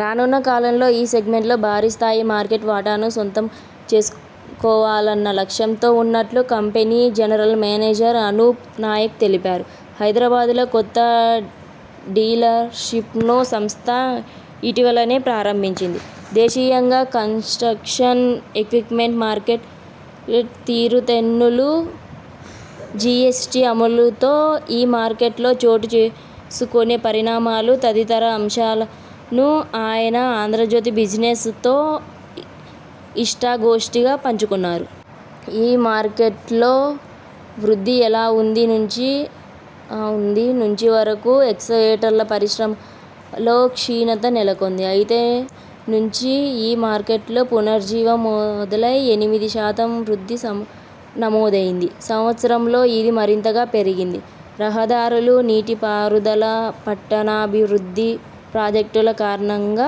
రానున్న కాలంలో ఈ సెగ్మెంట్లో భారీ స్థాయి మార్కెట్ వాటాను సొంతం చేసుకోవాలన్న లక్ష్యంతో ఉన్నట్టు company general manager Anoop Nair తెలిపారు. హైదరాబాద్లో కొత్త డీలర్షిప్ను సంస్థ ఇటీవలనే ప్రారంభించింది. దేశీయంగా కన్స్ట్రక్షన్ ఎక్విప్మెంట్ మార్కెట్ తీరుతెన్నులు, జిఎస్టి అమలుతో ఈ మార్కెట్లో చోటు చేసుకునే పరిణామాలు తదితర అంశాలను ఆయన 'ఆంధ్రజ్యోతి బిజినెస్ 'తో ఇష్టాగోష్టిగా పంచుకున్నారు. ఈ మార్కెట్లో వృద్ధి ఎలా ఉంది నుంచి వరకు ఎక్స్కవేటర్ల పరిశ్రమలో క్షీణత నెలకొంది. అయితే నుంచి ఈ మార్కెట్లో పునరుజ్జీవం మొదలై ఎనిమిది శాతం వృద్ధి నమోదైంది. సంవత్సరంలో ఇది మరింతగా పెరిగింది. రహదారులు, నీటిపారుదల, పట్టణాభివృద్ధి ప్రాజెక్టుల కారణంగా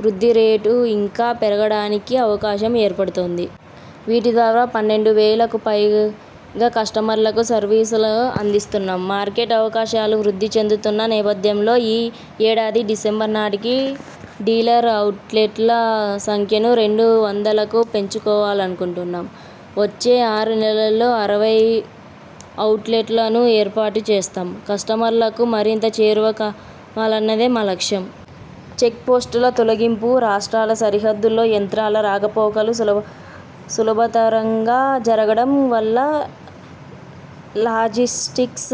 వృద్ధి రేటు ఇంకా పెరగడానికి అవకాశం ఏర్పడుతోంది. వీటి ద్వారా పన్నెండు వేలకు పైగా కస్టమర్లకు సర్వీసులు అందిస్తున్నాం. మార్కెట్ అవకాశాలు వృద్ధి చెందుతున్న నేపథ్యంలో ఈ ఏడాది డిసెంబర్ నాటికి డీలర్ ఔట్లెట్ల సంఖ్యను రెండు వందలకు పెంచుకోవాలనుకుంటున్నాం. వచ్చే ఆరు నెలల్లో అరవై ఔట్లెట్లను ఏర్పాటు చేస్తాం. కస్టమర్లకు మరింత చేరువ కావాలన్నదే మా లక్ష్యం. చెక్పోస్టుల తొలగింపు, రాష్ట్రాల సరిహద్దులో యంత్రాల రాకపోకలు సులభ సులభతరంగా జరగడం వల్ల లాజిస్టిక్స్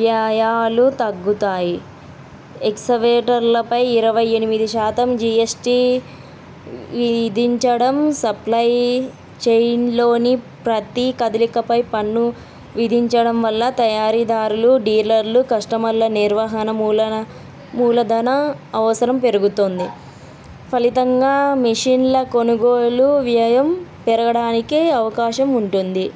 వ్యయాలు తగ్గుతాయి. ఎక్సవేటర్లపై ఇరవై ఎనిమిది శాతం జిఎస్టి విధించడం, సప్లయ్ చెయిన్లోని ప్రతి కదలికపై పన్ను విధించడం వల్ల తయారీదారులు, డీలర్లు, కస్టమర్ల నిర్వహణ మూలా మూలధన అవసరం పెరుగుతుంది. ఫలితంగా మెషిన్ల కొనుగోలు వ్యయం పెరగడానికీ అవకాశం ఉంటుంది.